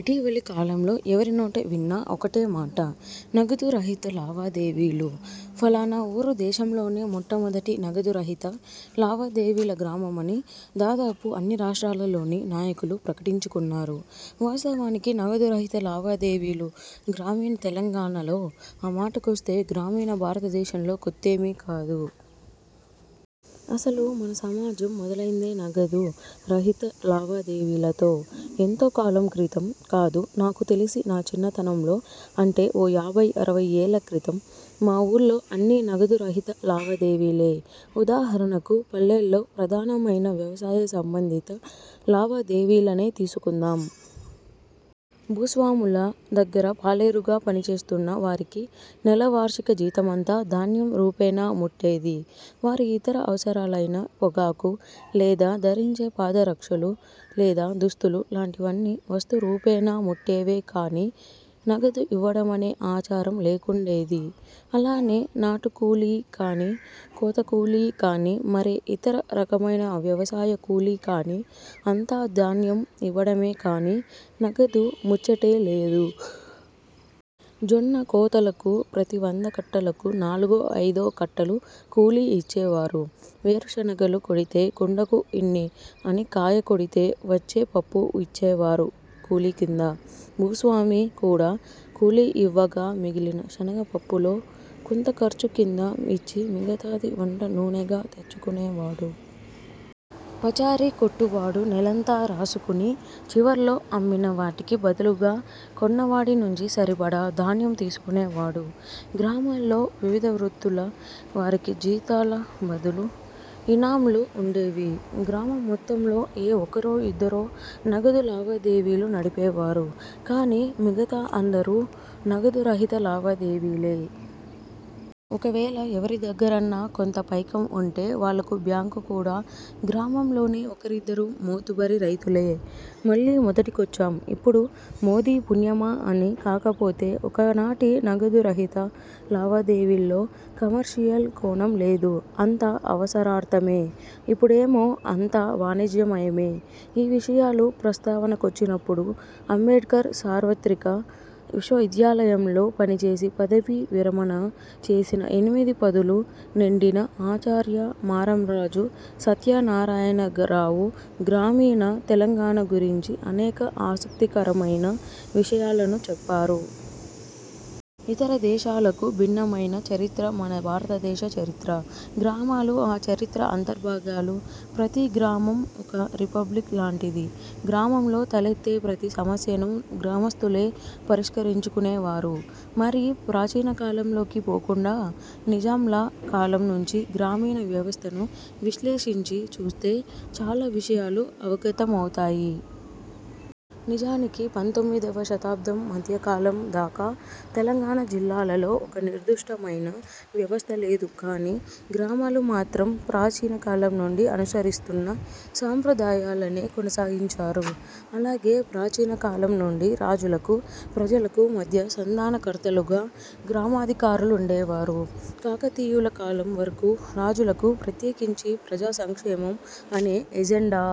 ఇటీవలి కాలంలో ఎవరి నోట విన్నా ఒకటే మాట''నగదు రహిత లావాదేవీలు''. ఫలానా వూరు దేశంలోనే మొట్టమొదటి నగదు రహిత లావాదేవీల గ్రామమని దాదాపు అన్ని రాష్ట్రాలలోని నాయకులు ప్రకటించుకున్నారు. వాస్తవానికి నగదు రహిత లావాదేవీలు గ్రామీణ తెలంగాణాలో, ఆ మాటకొస్తే, గ్రామీణ భారతదేశంలో కొత్తేమీ కాదు. అసలు మన సమాజం మొదలైందే నగదు రహిత లావాదేవీలతో. ఎంతో కాలం క్రితం కాదు నాకు తెలిసి నా చిన్నతనంలో, అంటే ఓ యాభై అరవై ఏళ్ల క్రితం మా వూళ్లో అన్నీ నగదు రహిత లావాదేవీలే. ఉదాహరణకు పల్లెల్లో ప్రధానమైన వ్యవసాయ సంబంధిత లావాదేవీలనే తీసుకుందాం. భూస్వాముల దగ్గర పాలేరులుగా పనిచేస్తున్న వారికి నెల-వార్షిక జీతమంతా ధాన్యం రూపేణా ముట్టేది. వారి ఇతర అవసరాలైన పొగాకు, లేదా ధరించే పాద రక్షలు, లేదా దుస్తులు లాంటివన్నీ వస్తు రూపేణా ముట్టేవే కానీ నగదు ఇవ్వడమనే ఆచారం లేకుండేది. అలానే నాటు కూలీ కాని, కోత కూలీ కాని, మరే ఇతర రకమైన వ్యవసాయ కూలీ కాని అంతా ధాన్యం ఇవ్వడమే కానీ నగదు ముచ్చటే లేదు. జొన్న కోతలకు ప్రతి వంద కట్టలకు నాలుగో- ఐదో కట్టలు కూలీ ఇచ్చేవారు. వేరు శనగలు కొడితే కుండకు ఇన్ని అని కాయ కొడితే వచ్చే పప్పు ఇచ్చే వారు కూలీ కింద. భూస్వామి కూడా కూలీ ఇవ్వగా మిగిలిన శనగ పప్పులో కొంత ఖర్చు కింద ఇచ్చి మిగతాది వంట నూనెగా తెచ్చుకునేవాడు. పచారి కొట్టువాడు నెలంతా రాసుకుని చివర్లో అమ్మిన వాటికి బదులుగా కొన్న వాడి నుంచి సరిపడా ధాన్యం తీసుకునేవాడు. గ్రామాల్లో వివిధ వృత్తుల వారికి జీతాల బదులు ఇనాంలు వుండేవి. గ్రామం మొత్తంలో ఏ ఒకరో ఇద్దరో నగదు లావాదేవీలు నడిపేవారు కానీ మిగతా అందరూ నగదు రహిత లావాదేవీలే. ఒకవేళ ఎవరి దగ్గరన్నా కొంత పైకం వుంటే వాళ్లకు బ్యాంకు కూడా గ్రామంలోని ఒకరిద్దరు మోతుబరి రైతులే. మళ్లీ మొదటికొచ్చాం ఇప్పుడు మోదీ పుణ్యమా అని. కాకపోతే ఒకనాటి నగదు రహిత లావాదేవీల్లో ''కమర్షియల్'' కోణం లేదు అంతా అవసరార్థమే! ఇప్పుడేమో అంతా వాణిజ్యమయమే! ఈ విషయాలు ప్రస్తావనకొచ్చినప్పుడు, అంబేడ్కర్ సార్వత్రిక విశ్వవిద్యాలయంలో పనిచేసి పదవీ విరమణ చేసిన ఎనిమిది పదులు నిండిన ఆచార్య మారంరాజు సత్యనారాయణ రావు గ్రామీణ తెలంగాణ గురించి అనేక ఆసక్తికరమైన విషయాలను చెప్పారు. ఇతర దేశాలకు భిన్నమైన చరిత్ర మన భారతదేశ చరిత్ర. గ్రామాలు ఆ చరిత్ర అంతర్భాగాలు. ప్రతీ గ్రామం ఒక ''రిపబ్లిక్'' లాంటిది. గ్రామంలో తలెత్తే ప్రతి సమస్యనూ గ్రామస్తులే పరిష్కరించుకునేవారు. మరీ ప్రాచీన కాలంలోకి పోకుండా నిజాంల కాలం నుంచి గ్రామీణ వ్యవస్థను విశ్లేషించి చూస్తే చాలా విషయాలు అవగతమౌతాయి. నిజానికి పంతొమ్మిదివ శతాబ్దం మధ్యకాలం దాకా తెలంగాణ జిల్లాలలో ఒక నిర్దుష్టమైన వ్యవస్థ లేదు కాని, గ్రామాలు మాత్రం ప్రాచీన కాలం నుండి అనుసరిస్తున్న సాంప్రదాయాలనే కొనసాగించారు. అలాగే ప్రాచీన కాలం నుండి రాజులకు, ప్రజలకు మధ్య సంధానకర్తలుగా గ్రామాధికారులుండేవారు. కాకతీయుల కాలం వరకూ రాజులకు ప్రత్యేకించి ప్రజాసంక్షేమం అనే ఎజెండా